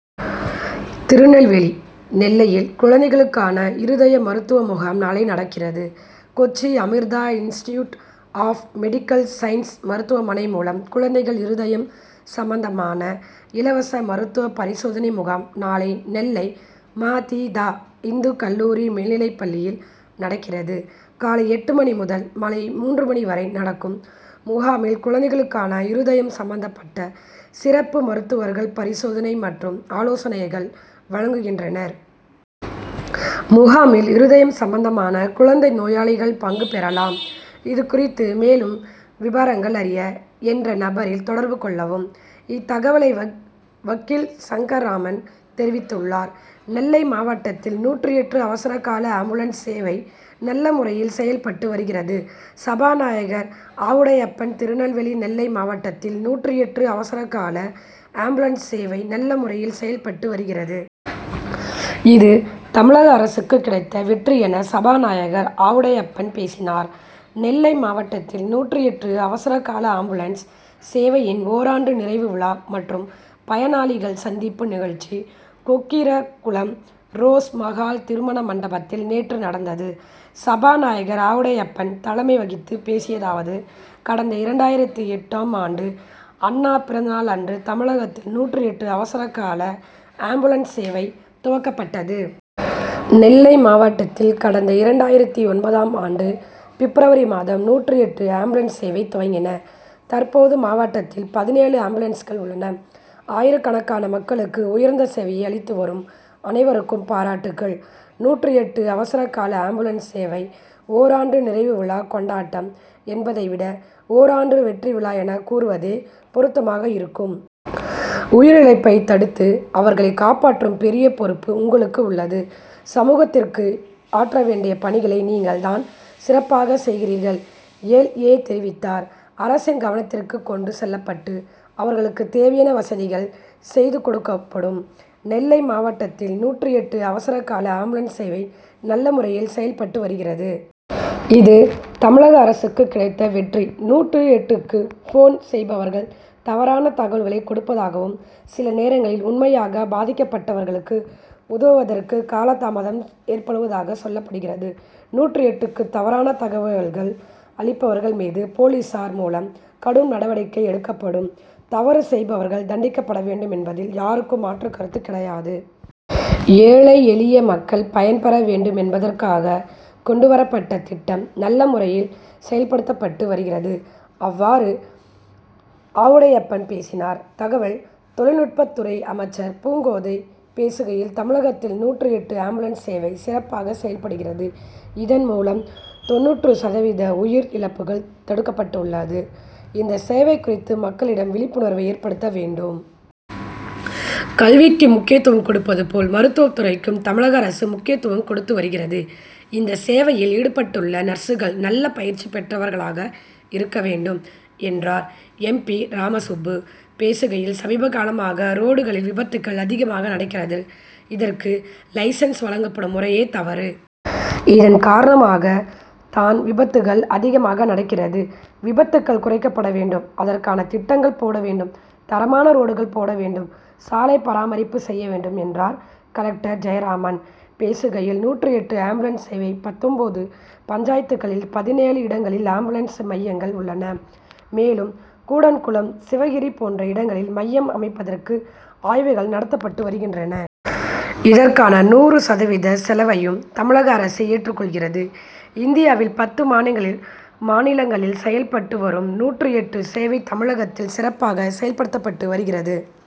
திருநெல்வேலி நெல்லையில் குழந்தைகளுக்கான இருதய மருத்துவ முகாம் நாளை நடக்கிறது. Kochi Amrita institute of medical science மருத்துவமனை மூலம் குழந்தைகள் இருதயம் சம்பந்தமான இலவச மருத்துவ பரிசோதனை முகாம் நாளை நெல்லை ம. தி. தா. இந்துக் கல்லூரி மேல்நிலைப்பள்ளியில் நடக்கிறது. காலை எட்டு மணி முதல் மாலை மூன்று மணி வரை நடக்கும் முகாமில் குழந்தைகளுக்கான இருதயம் சம்பந்தப்பட்ட சிறப்பு மருத்துவர்கள் பரிசோதனை மற்றும் ஆலோசனைகள் வழங்குகின்றனர். முகாமில் இருதயம் சம்பந்தமான குழந்தை நோயாளிகள் பங்கு பெறலாம். இதுகுறித்து மேலும் விபரங்கள் அறிய, என்ற நம்பரில் தொடர்பு கொள்ளலாம். இத்தகவலை வக்கீல் சங்கர்ராமன் தெரிவித்துள்ளார். நெல்லை மாவட்டத்தில் நூற்று எட்டு அவசரகால ஆம்புலன்ஸ் சேவை நல்ல முறையில் செயல்பட்டு வருகிறது சபாநாயகர் ஆவுடையப்பன் திருநெல்வேலி நெல்லை மாவட்டத்தில் நூற்று எட்டு அவசரகால ஆம்புலன்ஸ் சேவை நல்ல முறையில் செயல்பட்டு வருகிறது. இது தமிழக அரசுக்கு கிடைத்த வெற்றி என சபாநாயகர் ஆவுடையப்பன் பேசினார். நெல்லை மாவட்டத்தில் நூற்று எட்டு அவசரகால ஆம்புலன்ஸ் சேவையின் ஓராண்டு நிறைவு விழா மற்றும் பயனாளிகள் சந்திப்பு நிகழ்ச்சி, கொக்கிரகுளம் ரோஸ் மகால் திருமண மண்டபத்தில் நேற்று நடந்தது. சபாநாயகர் ஆவுடையப்பன் தலைமை வகித்து பேசியதாவது: கடந்த இரண்டாயிரத்து எட்டு ம் ஆண்டு அண்ணா பிறந்தநாள் அன்று தமிழகத்தில் நூற்று எட்டு அவசரகால ஆம்புலன்ஸ் சேவை துவக்கப்பட்டது. நெல்லை மாவட்டத்தில் கடந்த இரண்டாயிரத்து ஒன்பது ம் ஆண்டு பிப்ரவரி மாதம் நூற்று எட்டு ஆம்புலன்ஸ் சேவை துவக்கின. தற்போது மாவட்டத்தில் பதினேழு ஆம்புலன்ஸ்கள் உள்ளன. ஆயிரக்கணக்கான மக்களுக்கு உயர்ந்த சேவையை அளித்துவரும் அனைவருக்கும் பாராட்டுக்கள். நூற்று எட்டு அவசரகால ஆம்புலன்ஸ் சேவை ஓராண்டு நிறைவு விழா கொண்டாட்டம் என்பதை விட ஓராண்டு வெற்றிவிழா' என கூறுவதே பொருத்தமாக இருக்கும். உயிர் இழப்பை தடுத்து அவர்களை காப்பாற்றும் பெரிய பொறுப்பு உங்களுக்கு உள்ளது. சமூகத்திற்கு ஆற்றவேண்டிய பணிகளை நீங்கள் தான் சிறப்பாக செய்கிறீர்கள். எல். ஏ.,தெரிவித்தார். அரசின் கவனத்திற்கு கொண்டு செல்லப்பட்டு அவர்களுக்கு தேவையான வசதிகள் செய்துகொடுக்கப்படும். நெல்லை மாவட்டத்தில் நூற்று எட்டு அவசரகால ஆம்புலன்ஸ் சேவை நல்லமுறையில் செயல்பட்டு வருகிறது. இது தமிழக அரசுக்கு கிடைத்த வெற்றி. நூற்று எட்டுக்கு போன் செய்பவர்கள் தவறான தகவல்களை கொடுப்பதாகவும், சில நேரங்களில் உண்மையாக பாதிக்கப்பட்டவர்களுக்கு உதவுவதற்கு காலதாமதம் ஏற்படுவதாக சொல்லப்படுகிறது. நூற்று எட்டுக்கு தவறான தகவல்கள் அளிப்பவர்கள் மீது போலீசார் மூலம் கடும் நடவடிக்கை எடுக்கப்படும். தவறு செய்பவர்கள் தண்டிக்கப்படவேண்டும் என்பதில் யாருக்கும் மாற்றுகருத்து கிடையாது. ஏழை, எளிய மக்கள் பயன்பெற வேண்டும் என்பதற்காக கொண்டுவரப்பட்ட திட்டம் நல்ல முறையில் செயல்படுத்தப்பட்டு வருகிறது. இவ்வாறு ஆவுடையப்பன் பேசினார். தகவல் தொழில்நுட்பத்துறை அமைச்சர் பூங்கோதை பேசுகையில், தமிழகத்தில் நூற்று எட்டு ஆம்புலன்ஸ் சேவை சிறப்பாக செயல்படுகிறது. இதன்மூலம் தொண்ணூறு சதவீத உயிர் இழப்புகள் தடுக்கப்பட்டுள்ளது. இந்த சேவை குறித்து மக்களிடம் விழிப்புணர்வை ஏற்படுத்த வேண்டும். கல்விக்கு முக்கியத்துவம் கொடுப்பது போல், மருத்துவ துறைக்கும் தமிழக அரசு முக்கியத்துவம் கொடுத்து வருகிறது. இந்த சேவையில் ஈடுபட்டுள்ள நர்சுகள் நல்ல பயிற்சி பெற்றவர்களாக இருக்க வேண்டும். 'என்றார். எம். பி.,ராமசுப்பு பேசுகையில், சமீபகாலமாக ரோடுகளில் விபத்துகள் அதிகமாக நடக்கிறது. இதற்கு லைசென்ஸ்' வழங்கப்படும் முறையே தவறு. இதன் காரணமாக தான் விபத்துகள் அதிகமாக நடக்கிறது. விபத்துகள் குறைக்கப்படவேண்டும். அதற்கான திட்டங்கள் போடவேண்டும். தரமான ரோடுகள் போடவேண்டும். சாலைபராமரிப்பு செய்யவேண்டும். 'என்றார். கலெக்டர் ஜெயராமன் பேசுகையில், நூற்று எட்டு ஆம்புலன்ஸ் சேவை பத்தொன்பது பஞ்சாயத்துகளில் பதினேழு இடங்களில் ஆம்புலன்ஸ் மையங்கள் உள்ளன. மேலும் கூடன்குளம், சிவகிரி போன்ற இடங்களில் மையம் அமைப்பதற்கு ஆய்வுகள் நடத்தப்பட்டு வருகின்றன. இதற்கான நூறு சதவீத செலவையும் தமிழக அரசே ஏற்றுக்கொள்கிறது. இந்தியாவில் பத்து மாநிலங்களில் செயல்பட்டு வரும் நூற்று எட்டு சேவை தமிழகத்தில் சிறப்பாக செயல்படுத்தப்பட்டு வருகிறது.